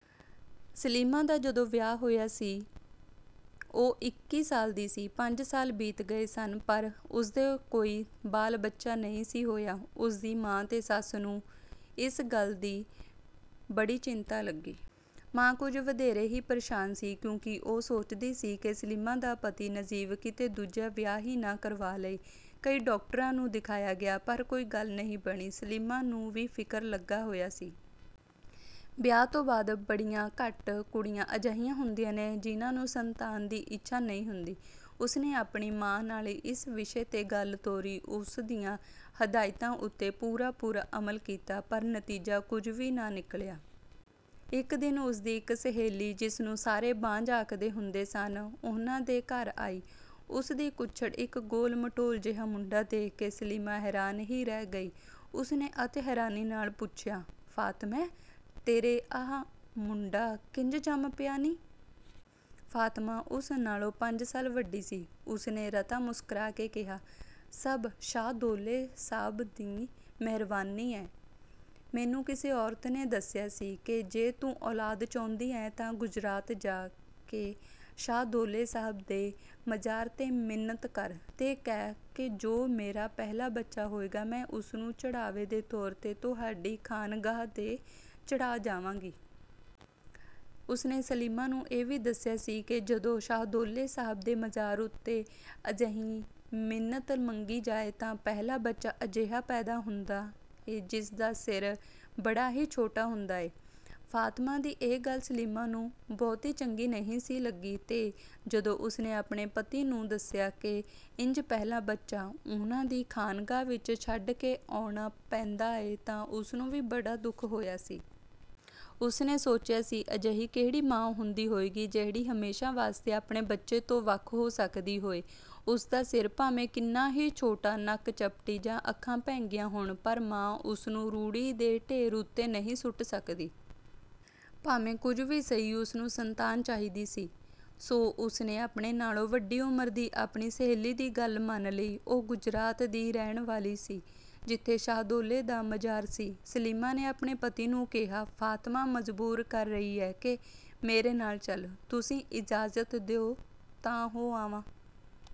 ਸਲੀਮਾ ਦਾ ਜਦੋਂ ਵਿਆਹ ਹੋਇਆ ਸੀ, ਉਹ ਇੱਕੀ ਸਾਲ ਦੀ ਸੀ। ਪੰਜ ਸਾਲ ਬੀਤ ਗਏ ਸਨ, ਪਰ ਉਸਦੇ ਕੋਈ ਬਾਲ-ਬੱਚਾ ਨਹੀਂ ਸੀ ਹੋਇਆ। ਉਸਦੀ ਮਾਂ ਤੇ ਸੱਸ ਨੂੰ ਇਸ ਗੱਲ ਦੀ ਬੜੀ ਚਿੰਤਾ ਲੱਗੀ। ਮਾਂ ਕੁਝ ਵਧੇਰੇ ਹੀ ਪਰੇਸ਼ਾਨ ਸੀ, ਕਿਉਂਕਿ ਉਹ ਸੋਚਦੀ ਸੀ ਕਿ ਸਲੀਮਾ ਦਾ ਪਤੀ ਨਜ਼ੀਬ ਕਿਤੇ ਦੂਜਾ ਵਿਆਹ ਹੀ ਨਾ ਕਰਵਾ ਲਏ। ਕਈ ਡਾਕਟਰਾਂ ਨੂੰ ਦਿਖਾਇਆ ਗਿਆ, ਪਰ ਕੋਈ ਗੱਲ ਨਹੀਂ ਬਣੀ। ਸਲੀਮਾ ਨੂੰ ਵੀ ਫਿਕਰ ਲੱਗਾ ਹੋਇਆ ਸੀ। ਵਿਆਹ ਤੋਂ ਬਾਅਦ ਬੜੀਆਂ ਘੱਟ ਕੁੜੀਆਂ ਅਜਿਹੀਆਂ ਹੁੰਦੀਆਂ ਨੇ, ਜਿਹਨਾਂ ਨੂੰ ਸੰਤਾਨ ਦੀ ਇੱਛਾ ਨਹੀਂ ਹੁੰਦੀ। ਉਸਨੇ ਆਪਣੀ ਮਾਂ ਨਾਲ ਇਸ ਵਿਸ਼ੇ ਤੇ ਗੱਲ ਤੋਰੀ, ਉਸਦੀਆਂ ਹਦਾਇਤਾਂ ਉੱਤੇ ਪੂਰਾ-ਪੂਰਾ ਅਮਲ ਕੀਤਾ, ਪਰ ਨਤੀਜਾ ਕੁਝ ਵੀ ਨਾ ਨਿਕਲਿਆ। ਇਕ ਦਿਨ ਉਸਦੀ ਇਕ ਸਹੇਲੀ, ਜਿਸਨੂੰ ਸਾਰੇ ਬਾਂਝ ਆਖਦੇ ਹੁੰਦੇ ਸਨ, ਉਹਨਾਂ ਦੇ ਘਰ ਆਈ। ਉਸਦੀ ਕੁੱਛੜ ਇਕ ਗੋਲ-ਮਟੋਲ ਜਿਹਾ ਮੁੰਡਾ ਦੇਖ ਕੇ ਸਲੀਮਾ ਹੈਰਾਨ ਹੀ ਰਹਿ ਗਈ। ਉਸਨੇ ਅਤਿ ਹੈਰਾਨੀ ਨਾਲ ਪੁੱਛਿਆ, “ਫਾਤਮੇਂ, ਤੇਰੇ ਅਹਿ ਮੁੰਡਾ ਕਿੰਜ ਜੰਮ ਪਿਆ ਨੀਂ?” ਫਾਤਮਾ ਉਸ ਨਾਲੋਂ ਪੰਜ ਸਾਲ ਵੱਡੀ ਸੀ। ਉਸਨੇ ਰਤਾ ਮੁਸਕਰਾ ਕੇ ਕਿਹਾ, “ਸਭ ਸ਼ਾਹਦੌਲੇ ਸਾਹਬ ਦੀ ਮਿਹਰਬਾਨੀ ਏ। ਮੈਨੂੰ ਕਿਸੇ ਔਰਤ ਨੇ ਦੱਸਿਆ ਸੀ ਕਿ ਜੇ ਤੂੰ ਔਲਾਦ ਚਾਹੁੰਦੀ ਏਂ ਤਾਂ ਗੁਜਰਾਤ ਜਾ ਕੇ ਸ਼ਾਹਦੌਲੇ ਸਾਹਬ ਦੇ ਮਜ਼ਾਰ ਤੇ ਮਿੰਨਤ ਕਰ, ਤੇ ਕਹਿ ਕਿ ਜੋ ਮੇਰਾ ਪਹਿਲਾ ਬੱਚਾ ਹੋਏਗਾ, ਮੈਂ ਉਸਨੂੰ ਚੜ੍ਹਾਵੇ ਦੇ ਤੌਰ ਤੇ ਤੁਹਾਡੀ ਖਾਨਗਾਹ ਤੇ ਚੜ੍ਹਾਅ ਜਾਵਾਂਗੀ।” ਉਸਨੇ ਸਲੀਮਾ ਨੂੰ ਇਹ ਵੀ ਦੱਸਿਆ ਸੀ ਕਿ ਜਦੋਂ ਸ਼ਾਹਦੌਲੇ ਸਾਹਬ ਦੇ ਮਜ਼ਾਰ ਉੱਤੇ ਅਜਿਹੀ ਮਿੰਨਤ ਮੰਗੀ ਜਾਏ, ਤਾਂ ਪਹਿਲਾ ਬੱਚਾ ਅਜਿਹਾ ਪੈਦਾ ਹੁੰਦਾ ਏ, ਜਿਸਦਾ ਸਿਰ ਬੜਾ ਹੀ ਛੋਟਾ ਹੁੰਦਾ ਏ। ਫਾਤਮਾ ਦੀ ਇਹ ਗੱਲ ਸਲੀਮਾ ਨੂੰ ਬਹੁਤੀ ਚੰਗੀ ਨਹੀਂ ਸੀ ਲੱਗੀ ਤੇ ਜਦੋਂ ਉਸਨੇ ਆਪਣੇ ਪਤੀ ਨੂੰ ਦੱਸਿਆ ਕਿ ਇੰਜ ਪਹਿਲਾ ਬੱਚਾ ਉਹਨਾਂ ਦੀ ਖਾਨਗਾਹ ਵਿਚ ਛੱਡ ਕੇ ਆਉਣਾ ਪੈਂਦਾ ਏ, ਤਾਂ ਉਸਨੂੰ ਵੀ ਬੜਾ ਦੁੱਖ ਹੋਇਆ ਸੀ। ਉਸਨੇ ਸੋਚਿਆ ਸੀ, ਅਜਿਹੀ ਕਿਹੜੀ ਮਾਂ ਹੁੰਦੀ ਹੋਏਗੀ, ਜਿਹੜੀ ਹਮੇਸ਼ਾ ਵਾਸਤੇ ਆਪਣੇ ਬੱਚੇ ਤੋਂ ਵੱਖ ਹੋ ਸਕਦੀ ਹੋਏ? ਉਸਦਾ ਸਿਰ ਭਾਵੇਂ ਕਿੰਨਾ ਹੀ ਛੋਟਾ, ਨੱਕ ਚਪਟੀ ਜਾਂ ਅੱਖਾਂ ਭੈਂਗੀਆਂ ਹੋਣ, ਪਰ ਮਾਂ ਉਸਨੂੰ ਰੂੜੀ ਦੇ ਢੇਰ ਉੱਤੇ ਨਹੀਂ ਸੁੱਟ ਸਕਦੀ। ਭਾਵੇਂ ਕੁਝ ਵੀ ਸਹੀ, ਉਸਨੂੰ ਸੰਤਾਨ ਚਾਹੀਦੀ ਸੀ, ਸੋ ਉਸਨੇ ਆਪਣੇ ਨਾਲੋਂ ਵੱਡੀ ਉਮਰ ਦੀ ਆਪਣੀ ਸਹੇਲੀ ਦੀ ਗੱਲ ਮੰਨ ਲਈ। ਉਹ ਗੁਜਰਾਤ ਦੀ ਰਹਿਣ ਵਾਲੀ ਸੀ, ਜਿੱਥੇ ਸ਼ਾਹਦੌਲੇ ਦਾ ਮਜ਼ਾਰ ਸੀ। ਸਲੀਮਾ ਨੇ ਆਪਣੇ ਪਤੀ ਨੂੰ ਕਿਹਾ, "ਫਾਤਮਾ ਮਜਬੂਰ ਕਰ ਰਹੀ ਏ ਕਿ ਮੇਰੇ ਨਾਲ ਚਲ। ਤੁਸੀਂ ਇਜਾਜ਼ਤ ਦਿਓ ਤਾਂ ਹੋ ਆਵਾਂ?"